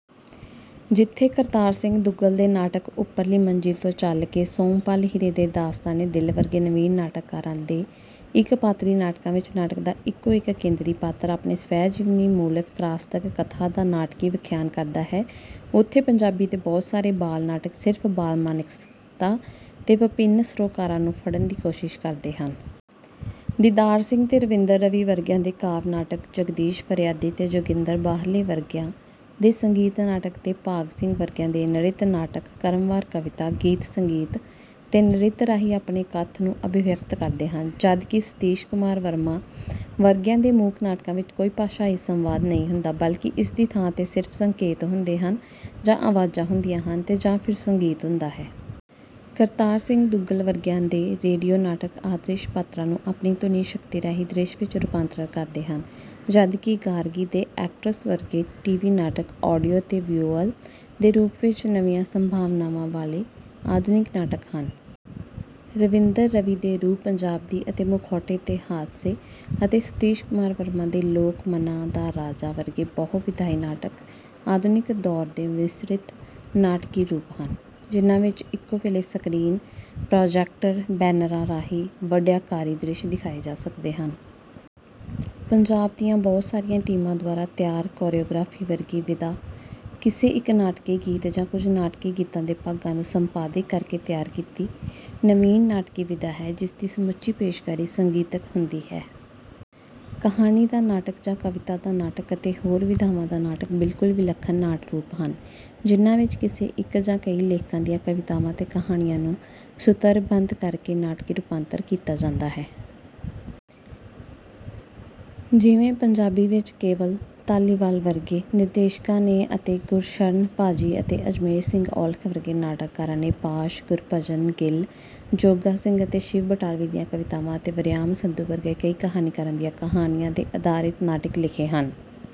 ਜਿੱਥੇ ਕਰਤਾਰ ਸਿੰਘ ਦੁੱਗਲ ਦੇ ਨਾਟਕ 'ਉੱਪਰਲੀ ਮੰਜਿਲ' ਤੋਂ ਚੱਲ ਕੇ ਸੋਮਪਾਲ ਹੀਰੇ ਦੇ 'ਦਾਸਤਾਨੇ ਦਿੱਲ' ਵਰਗੇ ਨਵੀਨ ਨਾਟਕਕਾਰਾਂ ਦੇ ਇਕ ਪਾਤਰੀ ਨਾਟਕਾਂ ਵਿਚ ਨਾਟਕ ਦਾ ਇਕੋ ਇਕ ਕੇਂਦਰੀ ਪਾਤਰ ਆਪਣੀ ਸਵੈਜੀਵਨੀ ਮੂਲਕ ਤ੍ਰਾਸਦਕ ਕਥਾ ਦਾ ਨਾਟਕੀ ਵਖਿਆਨ ਕਰਦਾ ਹੈ, ਉਥੇ ਪੰਜਾਬੀ ਦੇ ਬਹੁਤ ਸਾਰੇ ਬਾਲ ਨਾਟਕ ਸਿਰਫ਼ ਬਾਲ-ਮਾਨਸਿਕਤਾ ਦੇ ਵਿਭਿੰਨ ਸਰੋਕਾਰਾਂ ਨੂੰ ਫੜਨ੍ਹ ਦੀ ਕੋਸ਼ਿਸ਼ ਕਰਦੇ ਹਨ। ਦੀਦਾਰ ਸਿੰਘ ਤੇ ਰਵਿੰਦਰ ਰਵੀ ਵਰਗਿਆਂ ਦੇ ਕਾਵਿ ਨਾਟਕ, ਜਗਦੀਸ਼ ਫਰਿਆਦੀ ਤੇ ਜੋਗਿੰਦਰ ਬਾਹਰਲੇ ਵਰਗਿਆਂ ਦੇ ਸੰਗੀਤ ਨਾਟਕ ਤੇ ਭਾਗ ਸਿੰਘ ਵਰਗਿਆਂ ਦੇ ਨ੍ਰਿਤ ਨਾਟਕ ਕ੍ਰਮਵਾਰ ਕਵਿਤਾ, ਗੀਤ-ਸੰਗੀਤ ਤੇ ਨ੍ਰਿਤ ਰਾਹੀਂ ਆਪਣੇ ਕੱਥ ਨੂੰ ਅਭਿਵਿਅਕਤ ਕਰਦੇ ਹਨ ਜਦ ਕਿ ਸਤੀਸ਼ ਕੁਮਾਰ ਵਰਮਾ ਵਰਗਿਆਂ ਦੇ ਮੂਕ ਨਾਟਕਾਂ ਵਿਚ ਕੋਈ ਭਾਸ਼ਾਈ ਸੰਵਾਦ ਨਹੀਂ ਹੁੰਦਾ ਬਲਕਿ ਇਸ ਦੀ ਥਾਂ ਤੇ ਸਿਰਫ ਸੰਕੇਤ ਹੁੰਦੇ ਹਨ ਜਾਂ ਆਵਾਜ਼ਾਂ ਹੁੰਦੀਆਂ ਹਨ ਅਤੇ ਜਾਂ ਫਿਰ ਸੰਗੀਤ ਹੁੰਦਾ ਹੈ। ਕਰਤਾਰ ਸਿੰਘ ਦੁੱਗਲ ਵਰਗਿਆਂ ਦੇ ਰੇਡੀਓ ਨਾਟਕ ਅਦ੍ਰਿਸ਼ ਪਾਤਰਾਂ ਨੂੰ ਆਪਣੀ ਧੁਨੀ ਸ਼ਕਤੀ ਰਾਹੀਂ ਦ੍ਰਿਸ਼ ਵਿਚ ਰੁਪਾਂਤਰਤ ਕਰਦੇ ਹਨ ਜਦ ਕਿ ਗਾਰਗੀ ਦੇ ਐਕਟ੍ਰੈਸ ਵਰਗੇ ਟੀ. ਵੀ. ਨਾਟਕ ਆਡੀਓ ਤੇ ਵਿਯੂਅਲ ਦੇ ਰੂਪ ਵਿਚ ਨਵੀਆਂ ਸੰਭਾਵਨਾਵਾਂ ਵਾਲੇ ਆਧੁਨਿਕ ਨਾਟਕ ਹਨ। ਰਵਿੰਦਰ ਰਵੀ ਦੇ 'ਰੂਹ ਪੰਜਾਬ ਦੀ' ਅਤੇ ਮੁਖੌਟੇ ਤੇ ਹਾਦਸੇ' ਅਤੇ ਸਤੀਸ਼ ਕੁਮਾਰ ਵਰਮਾ ਦੇ 'ਲੋਕ ਮਨਾਂ ਦਾ ਰਾਜਾ' ਵਰਗੇ ਬਹੁ ਵਿਧਾਈ ਨਾਟਕ ਆਧੁਨਿਕ ਦੌਰ ਦੇ ਮਿਸ਼ਰਿਤ ਨਾਟਕੀ ਰੂਪ ਹਨ ਜਿੰਨ੍ਹਾਂ ਵਿਚ ਇੱਕੋ ਵੇਲੇ ਸਕਰੀਨ, ਪ੍ਰਾਜੈਕਟਰ, ਬੈਨਰਾਂ ਰਾਹੀਂ ਵੱਡਅਕਾਰੀ ਦ੍ਰਿਸ਼ ਦਿਖਾਏ ਜਾ ਸਕਦੇ ਹਨ। ਪੰਜਾਬ ਦੀਆਂ ਬਹੁਤ ਸਾਰੀਆਂ ਟੀਮਾਂ ਦੁਆਰਾ ਤਿਆਰ ਕੋਰੀਉਗ੍ਰਾਫੀ ਵਰਗੀ ਵਿਧਾ ਕਿਸੇ ਇਕ ਨਾਟਕੀ ਗੀਤ ਜਾਂ ਕੁਝ ਨਾਟਕੀ ਗੀਤਾਂ ਦੇ ਭਾਗਾਂ ਨੂੰ ਸੰਪਾਦਿਕ ਕਰਕੇ ਤਿਆਰ ਕੀਤੀ ਨਵੀਨ ਨਾਟਕੀ ਵਿਧਾ ਹੈ ਜਿਸਦੀ ਸਮੁੱਚੀ ਪੇਸ਼ਕਾਰੀ ਸੰਗੀਤਕ ਹੁੰਦੀ ਹੈ। 'ਕਹਾਣੀ ਦਾ ਨਾਟਕ' ਜਾਂ 'ਕਵਿਤਾ ਦਾ ਨਾਟਕ' ਅਤੇ 'ਹੋਰ ਵਿਧਾਵਾਂ ਦਾ ਨਾਟਕ' ਬਿਲਕੁਲ ਵਿਲੱਖਣ ਨਾਟ ਰੂਪ ਹਨ ਜਿੰਨ੍ਹਾਂ ਵਿਚ ਕਿਸੇ ਇਕ ਜਾਂ ਕਈ ਲੇਖਕਾਂ ਦੀਆਂ ਕਵਿਤਾਵਾਂ ਤੇ ਕਹਾਣੀਆਂ ਨੂੰ ਸੁਤਰਬੱਧ ਕਰਕੇ ਨਾਟਕੀ ਰੁਪਾਂਤਰਣ ਕੀਤਾ ਜਾਂਦਾ ਹੈ। ਜਿਵੇਂ ਪੰਜਾਬੀ ਵਿਚ ਕੇਵਲ ਧਾਲੀਵਾਲ ਵਰਗੇ ਨਿਰਦੇਸ਼ਕਾਂ ਨੇ ਅਤੇ ਗੁਰਸ਼ਰਨ ਭਾ ਜੀ ਅਤੇ ਅਜਮੇਰ ਸਿੰਘ ਔਲਖ ਵਰਗੇ ਨਾਟਕਕਾਰਾਂ ਨੇ ਪਾਸ਼, ਗੁਰਭਜਨ ਗਿਲ, ਜੋਗਾ ਸਿੰਘ ਅਤੇ ਸ਼ਿਵ ਬਟਾਲਵੀ ਦੀਆਂ ਕਵਿਤਾਵਾਂ ਅਤੇ ਵਰਿਆਮ ਸੰਧੂ ਵਰਗੇ ਕਈ ਕਹਾਣੀਕਾਰਾਂ ਦੀਆਂ ਕਹਾਣੀਆਂ ਤੇ ਆਧਾਰਿਤ ਨਾਟਕ ਲਿਖੇ ਹਨ।